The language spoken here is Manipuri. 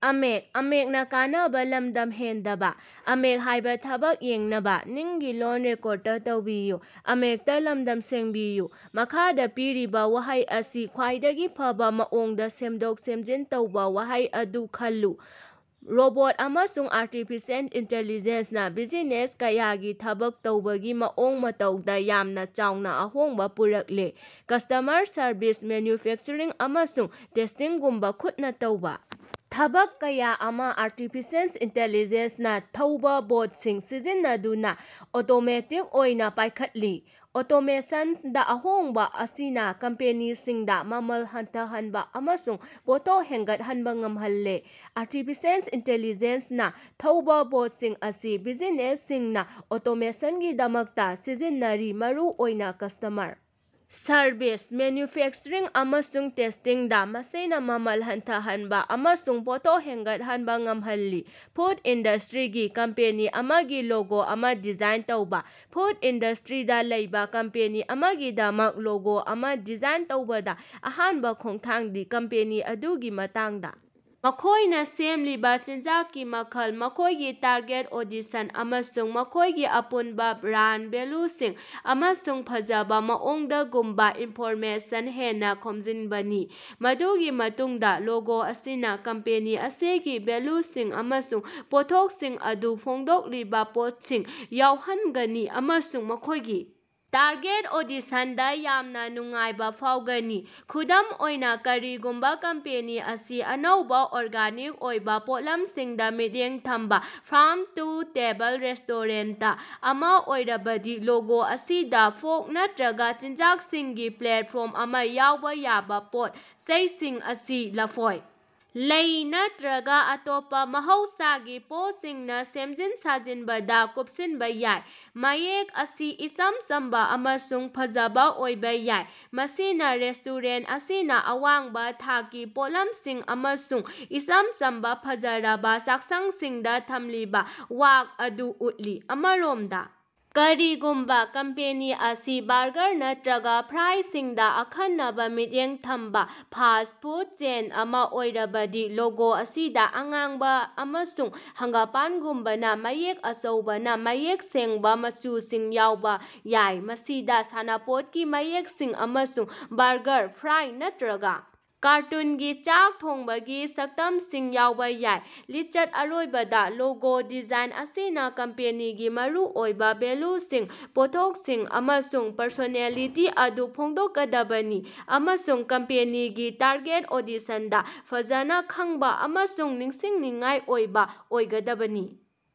ꯃꯈꯥꯗꯥ ꯄꯤꯔꯤꯕꯥ ꯋꯥꯍꯩ ꯑꯁꯤ ꯈ꯭ꯋꯥꯏꯗꯒꯤ ꯐꯕ ꯃꯑꯣꯡꯗ ꯁꯦꯝꯗꯣꯛ-ꯁꯦꯝꯖꯤꯟ ꯇꯧꯕ ꯋꯥꯍꯩ ꯑꯗꯨ ꯈꯜꯂꯨ: ꯔꯣꯕꯣꯠ ꯑꯃꯁꯨꯡ ꯑꯥꯔꯇꯤꯐꯤꯁꯤꯑꯦꯜ ꯏꯟꯇꯤꯂꯤꯖꯦꯟꯁꯅ ꯕꯤꯖꯤꯅꯦꯁ ꯀꯌꯥꯒꯤ ꯊꯕꯛ ꯇꯧꯕꯒꯤ ꯃꯑꯣꯡ ꯃꯇꯧꯗ ꯌꯥꯝꯅ ꯆꯥꯎꯅ ꯑꯍꯣꯡꯕ ꯄꯨꯔꯛꯂꯦ꯫ ꯀꯁꯇꯃꯔ ꯁꯔꯕꯤꯁ ꯃꯦꯟꯌꯨꯐꯦꯛꯆꯔꯤꯡ ꯑꯃꯁꯨꯡ ꯇꯦꯁꯇꯤꯡꯒꯨꯝꯕ ꯈꯨꯠꯅ ꯇꯧꯕ ꯊꯕꯛ ꯀꯌꯥ ꯑꯃ ꯑꯥꯔꯇꯤꯐꯤꯁꯤꯑꯦꯜ ꯏꯟꯇꯤꯂꯤꯖꯦꯟꯁ ꯅ ꯊꯧꯕꯥ ꯕꯣꯠꯁꯤꯡ ꯁꯤꯖꯤꯟꯅꯗꯨꯅ ꯑꯣꯇꯣꯃꯦꯇꯤꯛ ꯑꯣꯏꯅ ꯄꯥꯢꯈꯠꯂꯤ꯫ ꯑꯣꯇꯣꯃꯦꯁꯟꯗ ꯑꯍꯣꯡꯕ ꯑꯁꯤꯅ ꯀꯝꯄꯦꯅꯤꯁꯤꯡꯗ ꯃꯃꯜ ꯍꯟꯊꯍꯟꯕ ꯑꯃꯁꯨꯡ ꯄꯣꯠꯊꯣꯛ ꯍꯦꯟꯒꯠꯍꯟꯕ ꯉꯝꯍꯜꯂꯦ꯫ ꯑꯥꯔꯇꯤꯐꯤꯁꯤꯑꯦꯜ ꯏꯟꯇꯤꯂꯤꯖꯦꯟꯁ ꯅꯥ ꯊꯧꯕ ꯕꯣꯠꯁꯤꯡ ꯑꯁꯤ ꯕꯤꯖꯤꯅꯦꯁꯁꯤꯡꯅ ꯑꯣꯇꯣꯃꯦꯁꯟꯒꯤꯗꯃꯛꯇ ꯁꯤꯖꯤꯟꯅꯔꯤ ꯃꯔꯨꯑꯣꯏꯅ ꯀꯁꯇꯃꯔ ꯁꯔꯕꯤꯁ, ꯃꯦꯟꯌꯨꯐꯦꯛꯆꯔꯤꯡ ꯑꯃꯁꯨꯡ ꯇꯦꯁꯇꯤꯡꯗ ꯃꯁꯤꯅ ꯃꯃꯜ ꯍꯟꯊꯍꯟꯕ ꯑꯃꯁꯨꯡ ꯄꯣꯠꯊꯣꯛ ꯍꯦꯟꯒꯠꯍꯟꯕ ꯉꯝꯍꯜꯂꯤ꯫ ꯐꯨꯗ ꯏꯟꯗꯁꯇ꯭ꯔꯤꯒꯤ ꯀꯝꯄꯦꯅꯤ ꯑꯃꯒꯤ ꯂꯣꯒꯣ ꯑꯃ ꯗꯤꯖꯥꯏꯟ ꯇꯧꯕꯥ꯫ ꯐꯨꯗ ꯏꯟꯗꯁꯇ꯭ꯔꯤꯗ ꯂꯩꯕꯥ ꯀꯝꯄꯦꯅꯤ ꯑꯃꯒꯤꯗꯃꯛ ꯂꯣꯒꯣ ꯑꯃ ꯗꯤꯖꯥꯏꯟ ꯇꯧꯕꯗ ꯑꯍꯥꯟꯕ ꯈꯣꯡꯊꯥꯡꯗꯤ ꯀꯝꯄꯦꯅꯤ ꯑꯗꯨꯒꯤ ꯃꯇꯥꯡꯗ ꯃꯈꯣꯢꯅ ꯁꯦꯝꯂꯤꯕ ꯆꯤꯟꯖꯥꯛꯀꯤ ꯃꯈꯜ ꯃꯈꯣꯢꯒꯤ ꯇꯥꯔꯒꯦꯠ ꯑꯣꯗꯤꯁꯟ ꯑꯃꯁꯨꯡ ꯃꯈꯣꯢꯒꯤ ꯑꯄꯨꯟꯕ ꯕ꯭ꯔꯥꯟꯗ ꯚꯦꯜꯌꯨꯁꯤꯡ ꯑꯃꯁꯨꯡ ꯐꯖꯕ ꯃꯑꯣꯡꯗꯒꯨꯝꯕ ꯏꯟꯐꯣꯔꯃꯦꯁꯟ ꯍꯦꯟꯅꯥ ꯈꯣꯝꯖꯤꯟꯕꯅꯤ꯫ ꯃꯗꯨꯒꯤ ꯃꯇꯨꯡꯗ ꯂꯣꯒꯣ ꯑꯁꯤꯅ ꯀꯝꯄꯦꯅꯤ ꯑꯁꯤꯒꯤ ꯚꯦꯜꯌꯨꯁꯤꯡ ꯑꯃꯁꯨꯡ ꯄꯣꯠꯊꯣꯛꯁꯤꯡ ꯑꯗꯨ ꯐꯣꯡꯗꯣꯛꯂꯤꯕ ꯄꯣꯠꯁꯤꯡ ꯌꯥꯎꯍꯟꯒꯅꯤ ꯑꯃꯁꯨꯡ ꯃꯈꯣꯢꯒꯤ ꯇꯥꯔꯒꯦꯠ ꯑꯣꯗꯤꯁꯟꯗ ꯌꯥꯝꯅ ꯅꯨꯡꯉꯥꯏꯕ ꯐꯥꯎꯒꯅꯤ꯫ ꯈꯨꯗꯝ ꯑꯣꯏꯅ ꯀꯔꯤꯒꯨꯝꯕ ꯀꯝꯄꯦꯅꯤ ꯑꯁꯤ ꯑꯅꯧꯕ ꯑꯣꯔꯒꯥꯅꯤꯛ ꯑꯣꯏꯕ ꯄꯣꯠꯂꯝꯁꯤꯡꯗ ꯃꯤꯠꯌꯦꯡ ꯊꯝꯕ ꯐꯥꯔꯝ-ꯇꯨ-ꯇꯦꯕꯜ ꯔꯦꯁꯇꯣꯔꯦꯟꯇ ꯑꯃ ꯑꯣꯏꯔꯕꯗꯤ ꯂꯣꯒꯣ ꯑꯁꯤꯗ ꯐꯣꯔꯛ ꯅꯠꯇ꯭ꯔꯒ ꯆꯤꯟꯖꯥꯛꯁꯤꯡꯒꯤ ꯄ꯭ꯂꯦꯠꯐꯣꯔꯝ ꯑꯃ ꯌꯥꯎꯕ ꯌꯥꯕ ꯄꯣꯠ ꯆꯩꯁꯤꯡ ꯑꯁꯤ ꯂꯐꯣꯏ, ꯂꯩ ꯅꯠꯇ꯭ꯔꯒ ꯑꯇꯣꯞꯄ ꯃꯍꯧꯁꯥꯒꯤ ꯄꯣꯠꯁꯤꯡꯅ ꯁꯦꯝꯖꯤꯟ ꯁꯥꯖꯤꯟꯕꯗ ꯀꯨꯞꯁꯤꯟꯕ ꯌꯥꯏ꯫ ꯃꯌꯦꯛ ꯑꯁꯤ ꯏꯆꯝ ꯆꯝꯕ ꯑꯃꯁꯨꯡ ꯐꯖꯕ ꯑꯣꯏꯕ ꯌꯥꯏ ꯃꯁꯤꯅ ꯔꯦꯁꯇꯣꯔꯦꯟꯇ ꯑꯁꯤꯅ ꯑꯋꯥꯡꯕ ꯊꯥꯛꯀꯤ ꯄꯣꯠꯂꯝꯁꯤꯡ ꯑꯃꯁꯨꯡ ꯏꯆꯝ ꯆꯝꯕ ꯐꯖꯔꯕ ꯆꯥꯛꯁꯪꯁꯤꯡꯗ ꯊꯝꯂꯤꯕꯥ ꯋꯥꯁꯛ ꯑꯗꯨ ꯎꯠꯂꯤ꯫ ꯑꯃꯔꯣꯝꯗ ꯀꯔꯤꯒꯨꯝꯕꯥ ꯀꯝꯄꯦꯅꯤ ꯑꯁꯤ ꯕꯔꯒꯥꯔ ꯑꯃꯁꯨꯡ ꯐ꯭ꯔꯥꯏꯁꯤꯡꯗ ꯑꯈꯟꯅꯕ ꯃꯤꯠꯌꯦꯡ ꯊꯝꯕ ꯐꯥꯁ꯭ꯠ ꯐꯨꯗ ꯆꯦꯟ ꯑꯃ ꯑꯣꯏꯔꯕꯗꯤ ꯂꯣꯒꯣ ꯑꯁꯤꯗ ꯑꯉꯥꯡꯕ ꯑꯃꯁꯨꯡ ꯍꯥꯒꯥꯝꯄꯥꯟꯒꯨꯝꯕꯅ ꯃꯌꯦꯛ ꯑꯆꯧꯕꯅ ꯃꯌꯦꯛ ꯁꯦꯡꯕ ꯃꯆꯨꯁꯤꯡ ꯌꯥꯎꯕ ꯌꯥꯏ ꯃꯁꯤꯗꯥ ꯁꯥꯟꯅꯄꯣꯠꯀꯤ ꯃꯌꯦꯛꯁꯤꯡ ꯑꯃꯁꯨꯡ ꯕꯔꯒꯥꯔ, ꯐ꯭ꯔꯥꯏ ꯅꯠꯇ꯭ꯔꯒ ꯀꯥꯔꯇꯨꯟꯒꯤ ꯆꯥꯛ ꯊꯣꯡꯕꯒꯤ ꯁꯛꯇꯝꯁꯤꯡ ꯌꯥꯎꯕ ꯌꯥꯏ꯫ ꯂꯤꯆꯠ ꯑꯔꯣꯏꯕꯗ ꯂꯣꯒꯣ ꯗꯤꯖꯥꯏꯟ ꯑꯁꯤꯅ ꯀꯝꯄꯦꯅꯤꯒꯤ ꯃꯔꯨꯑꯣꯏꯕ ꯚꯦꯜꯌꯨꯁꯤꯡ ꯄꯣꯠꯊꯣꯛꯁꯤꯡ ꯑꯃꯁꯨꯡ ꯄꯔꯁꯣꯅꯦꯂꯤꯇꯤ ꯑꯗꯨ ꯐꯣꯡꯗꯣꯛꯀꯗꯕꯅꯤ ꯑꯃꯁꯨꯡ ꯀꯝꯄꯦꯅꯤꯒꯤ ꯇꯥꯔꯒꯦꯠ ꯑꯣꯗꯤꯁꯟꯗ ꯐꯖꯅ ꯈꯪꯕ ꯑꯃꯁꯨꯡ ꯅꯤꯡꯁꯤꯡꯅꯤꯡꯉꯥꯏ ꯑꯣꯏꯕ ꯑꯣꯏꯒꯗꯕꯅꯤ꯫